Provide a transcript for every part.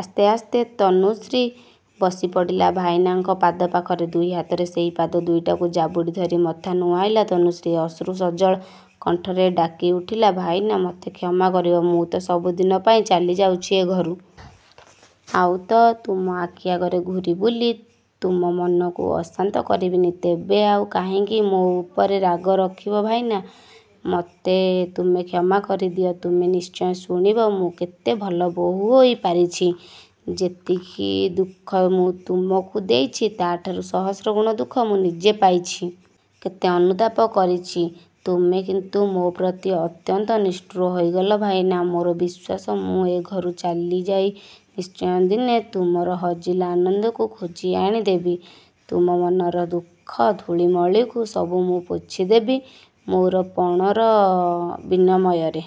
ଆସ୍ତେ ଆସ୍ତେ ତନୁଶ୍ରୀ ବସି ପଡ଼ିଲା ଭାଇନାଙ୍କ ପାଦ ପାଖରେ। ଦୁଇ ହାତରେ ସେଇ ପାଦ ଦୁଇଟି ଜାବୁଡ଼ି ଧରି ମଥା ନୁଆଁଇଲା ତନୁଶ୍ରୀ। ଅଶ୍ରୁ ସଜଳ କଣ୍ଠରେ ଡାକି ଉଠିଲା ଭାଇନା, ମତେ କ୍ଷମା କରିବ। ମୁଁ ତ ସବୁଦିନ ପାଇଁ ଚାଲି ଯାଉଛି ଏ ଘରୁ। ଆଉ ତ ତୁମ ଆଖି ଆଗରେ ଘୂରି ବୁଲି ତୁମ ମନକୁ ଅଶାନ୍ତ କରିବିନି, ତେବେ ଆଉ କାହିଁକି ମୋ ଉପରେ ରାଗ ରଖିବ ଭାଇନା, ମତେ ତୁମେ କ୍ଷମା କରିଦିଅ। ତୁମେ ନିଶ୍ଚୟ ଶୁଣିବ ମୁଁ କେତେ ଭଲ ବୋହୂ ହୋଇ ପାରିଛି। ଯେତିକି ଦୁଃଖ ମୁଁ ତୁମକୁ ଦେଇଛି ତା'ଠାରୁ ସହସ୍ର ଗୁଣ ଦୁଃଖ ମୁଁ ନିଜେ ପାଇଛି। କେତେ ଅନୁତାପ କରିଛି। ତୁମେ କିନ୍ତୁ ମୋ ପ୍ରତି ଅତ୍ୟନ୍ତ ନିଷ୍ଠୁର ହୋଇଗଲ ଭାଇନା। ମୋର ବିଶ୍ୱାସ ମୁଁ ଏ ଘରୁ ଚାଲି ଯାଇ ନିଶ୍ଚୟ ଦିନେ ତୁମର ହଜିଲା ଆନନ୍ଦକୁ ଖୋଜି ଆଣି ଦେବି। ତୁମ ମନର ଦୁଃଖ ଧୂଳିମଳିକୁ ସବୁ ମୁଁ ପୋଛି ଦେବି ମୋର ପଣର ବିନିମୟରେ।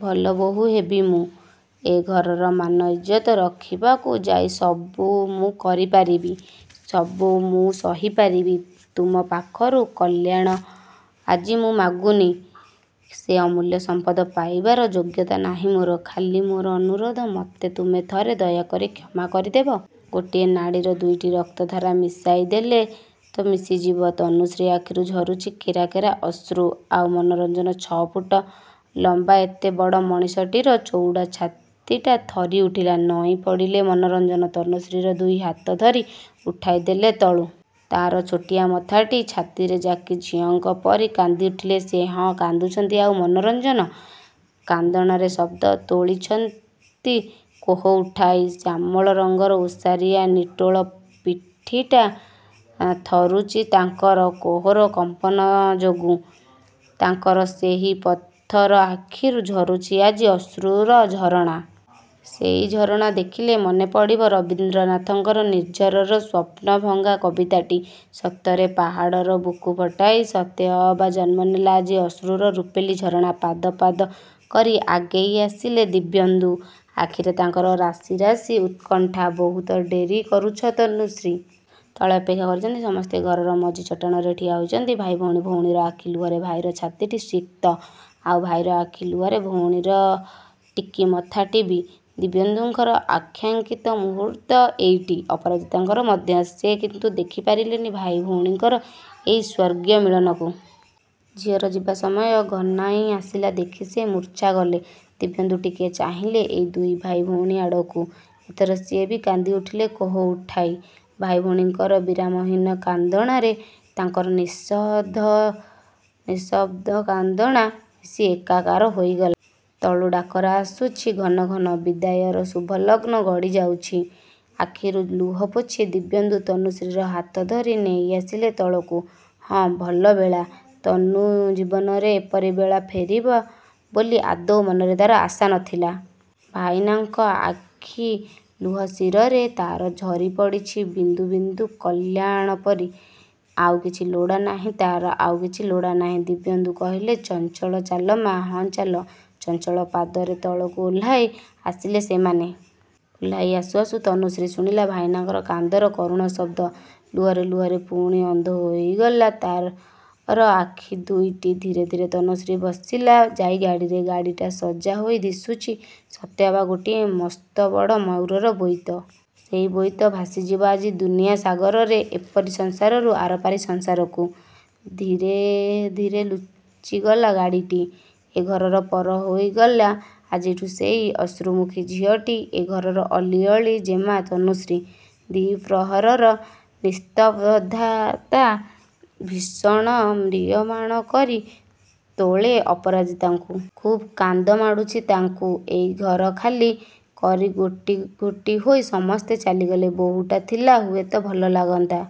ଭଲ ବୋହୂ ହେବି ମୁଁ। ଏ ଘରର ମାନ ଇଜ୍ଜତ ରଖିବାକୁ ଯାଇ ସବୁ ମୁଁ କରି ପାରିବି। ସବୁ ମୁଁ ସହି ପାରିବି। ତୁମ ପାଖରୁ କଲ୍ୟାଣ ଆଜି ମୁଁ ମାଗୁନି। ସେ ଅମୂଲ୍ୟ ସମ୍ପଦ ପାଇବାର ଯୋଗ୍ୟତା ନାହିଁ ମୋର। ଖାଲି ମୋର ଅନୁରୋଧ ମତେ ତୁମେ ଥରେ ଦୟାକରି କ୍ଷମା କରି ଦେବ। ଗୋଟିଏ ନାଡ଼ିର ଦୁଇଟି ରକ୍ତଧାରା ମିଶେଇ ଦେଲେ ତ ମିଶିଯିବ। ତନୁଶ୍ରୀ ଆଖିରୁ ଝରୁଛି କେରା କେରା ଅଶ୍ରୁ। ଆଉ ମନୋରଞ୍ଜନ ଛଅ ଫୁଟ ଲମ୍ବା ଏତେ ବଡ଼ ମଣିଷଟିର ଚଉଡ଼ା ଛାତିଟା ଥରି ଉଠିଲା। ନଇଁ ପଡ଼ିଲେ ମନୋରଞ୍ଜନ। ତନୁଶ୍ରୀର ଦୁଇ ହାତ ଧରି ଉଠାଇ ଦେଲେ ତଳୁ। ତା'ର ଛୋଟିଆ ମଥାଟି ଛାତିରେ ଯାକି ଝିଅଙ୍କ ପରି କାନ୍ଦି ଉଠିଲେ ସିଏ। ହଁ, କାନ୍ଦୁଛନ୍ତି ଆଜି ମନୋରଞ୍ଜନ। କାନ୍ଦଣାରେ ଶବ୍ଦ ତୋଳିଛନ୍ତି କୋହ ଉଠାଇ। ଶ୍ୟାମଳ ରଙ୍ଗର ଓସାରିଆ ନିଟୋଳ ପିଠିଟା ଥରୁଛି ତାଙ୍କର କୋହର କମ୍ପନ ଯୋଗୁଁ। ତାଙ୍କର ସେଇ ପଥର ଆଖିରୁ ଝରୁଛି ଆଜି ଅଶ୍ରୁର ଝରଣା। ସେଇ ଝରଣା ଦେଖିଲେ ମନେ ପଡ଼ିବ ରବୀନ୍ଦ୍ରନାଥଙ୍କର 'ନିର୍ଝରର ସ୍ୱପ୍ନଭଙ୍ଗ' କବିତାଟି। ସତରେ, ପାହାଡ଼ର ବୁକୁ ଫଟାଇ ସତେଅବା ଜନ୍ମ ନେଲା ଆଜି ଅଶ୍ରୁର ରୂପେଲି ଝରଣା। ପାଦ, ପାଦ କରି ଆଗେଇ ଆସିଲେ ଦିବ୍ୟେନ୍ଦୁ। ଆଖିରେ ତାଙ୍କର ରାଶି ରାଶି ଉତ୍କଣ୍ଠା। ବହୁତ ଡେରି କରୁଛି ତନୁଶ୍ରୀ। ତଳେ ଅପେକ୍ଷା କରିଛନ୍ତି ସମସ୍ତେ। ଘରର ମଝି ଚଟାଣରେ ଛିଡ଼ା ହୋଇଛନ୍ତି ଭାଇ ଭଉଣୀ। ଭଉଣୀର ଆଖି ଲୁହରେ ଭାଇର ଛାତିଟି ସିକ୍ତ, ଆଉ ଭାଇର ଆଖି ଲୁହରେ ଭଉଣୀର ଟିକି ମଥାଟି ବି। ଦିବ୍ୟେନ୍ଦୁଙ୍କର ଆକାଂକ୍ଷିତ ମୁହୂର୍ତ୍ତ ଏଇଟି। ଅପରାଜିତାଙ୍କର ମଧ୍ୟ। ସେ କିନ୍ତୁ ଦେଖି ପାରିଲେନି ଭାଇ ଭଉଣୀଙ୍କର ଏଇ ସ୍ୱର୍ଗୀୟ ମିଳନକୁ। ଝିଅର ଯିବା ସମୟ ଘନାଇ ଆସିଲା ଦେଖି ସେ ମୂର୍ଚ୍ଛା ଗଲେ। ଦିବ୍ୟେନ୍ଦୁ ଟିକିଏ ଚାହିଁଲେ ଏଇ ଦୁଇ ଭାଇ ଭଉଣୀ ଆଡ଼କୁ। ଏଥର ସିଏ ବି କାନ୍ଦି ଉଠିଲେ କୋହ ଉଠାଇ। ଭାଇ ଭଉଣୀଙ୍କର ବିରାମହୀନ କାନ୍ଦଣାରେ ତାଙ୍କର ନିସମ୍ବ ନିଃଶବ୍ଦ କାନ୍ଦଣା ମିଶି ଏକାକାର ହୋଇଗଲା। ତଳୁ ଡାକରା ଆସୁଛି ଘନ ଘନ। ବିଦାୟର ଶୁଭଲଗ୍ନ ଗଡ଼ି ଯାଉଛି। ଆଖିରୁ ଲୁହ ପୋଛି ଦିବ୍ୟେନ୍ଦୁ ତନୁଶ୍ରୀର ହାତ ଧରି ନେଇ ଆସିଲେ ତଳକୁ। ହଁ ଭଲ ବେଳା। ତନୁ ଜୀବନରେ ଏପରି ବେଳା ଫେରିବ ବୋଲି ଆଦୌ ମନରେ ତା'ର ଆଶା ନଥିଲା। ଭାଇନାଙ୍କ ଆଖି ଲୁହ ଶିରରେ ତା'ର ଝରି ପଡ଼ିଛି ବିନ୍ଦୁ ବିନ୍ଦୁ କଲ୍ୟାଣ ପରି। ଆଉ କିଛି ଲୋଡ଼ା ନାହିଁ ତା'ର, ଆଉ କିଛି ଲୋଡ଼ା ନାହିଁ। ଦିବ୍ୟେନ୍ଦୁ କହିଲେ ଚଞ୍ଚଳ ଚାଲ ମାଆ। ହୁଁ ଚାଲ। ଚଞ୍ଚଳ ପାଦରେ ତଳକୁ ଓହ୍ଲା‌ଇ ଆସିଲେ ସେମାନେ। ଓହ୍ଲା‌ଇ ଆସୁ ଆସୁ ତନୁଶ୍ରୀ ଶୁଣିଲା ଭାଇନାଙ୍କର କାନ୍ଦର କରୁଣ ଶବ୍ଦ। ଲୁହରେ ଲୁହରେ ପୁଣି ଅନ୍ଧ ହୋଇଗଲା ତା'ର ଆଖି ଦୁଇଟି। ଧୀରେ ଧୀରେ ତନୁଶ୍ରୀ ବସିଲା ଯାଇ ଗାଡ଼ିରେ। ଗାଡ଼ିଟା ସଜା ହୋଇ ଦିଶୁଛି ସତେଅବା ଗୋଟିଏ ମସ୍ତ ବଡ଼ ମୟୂରର ବୋଇତ। ସେଇ ବୋଇତ ଭାସି ଯିବ ଆଜି ଦୁନିଆ ସାଗରରେ ଏପାରି ସଂସାରରୁ ଆରପାରି ସଂସାରକୁ। ଧୀରେ ଧୀରେ ଲୁଚି ଗଲା ଗାଡ଼ିଟି। ଏ ଘରର ପର ହୋଇଗଲା ଆଜିଠୁ ସେଇ ଅଶ୍ରୁମୁଖୀ ଝିଅଟି ଏ ଘରର ଅଲିଅଳି ଜେମା ତନୁଶ୍ରୀ। ଦ୍ୱିପ୍ରହରର ନିସ୍ତବ୍ଧତା ଭୀଷଣ ମ୍ରିୟମାଣ କରି ତୋଳେ ଅପରାଜିତାଙ୍କୁ। ଖୁବ୍ କାନ୍ଦ ମାଡ଼ୁଛି ତାଙ୍କୁ। ଏଇ ଘର ଖାଲି କରି ଗୋଟି ଗୋଟି ହୋଇ ସମସ୍ତେ ଚାଲିଗଲେ। ବୋହୂଟା ଥିଲେ ହୁଏତ ଭଲ ଲାଗନ୍ତା।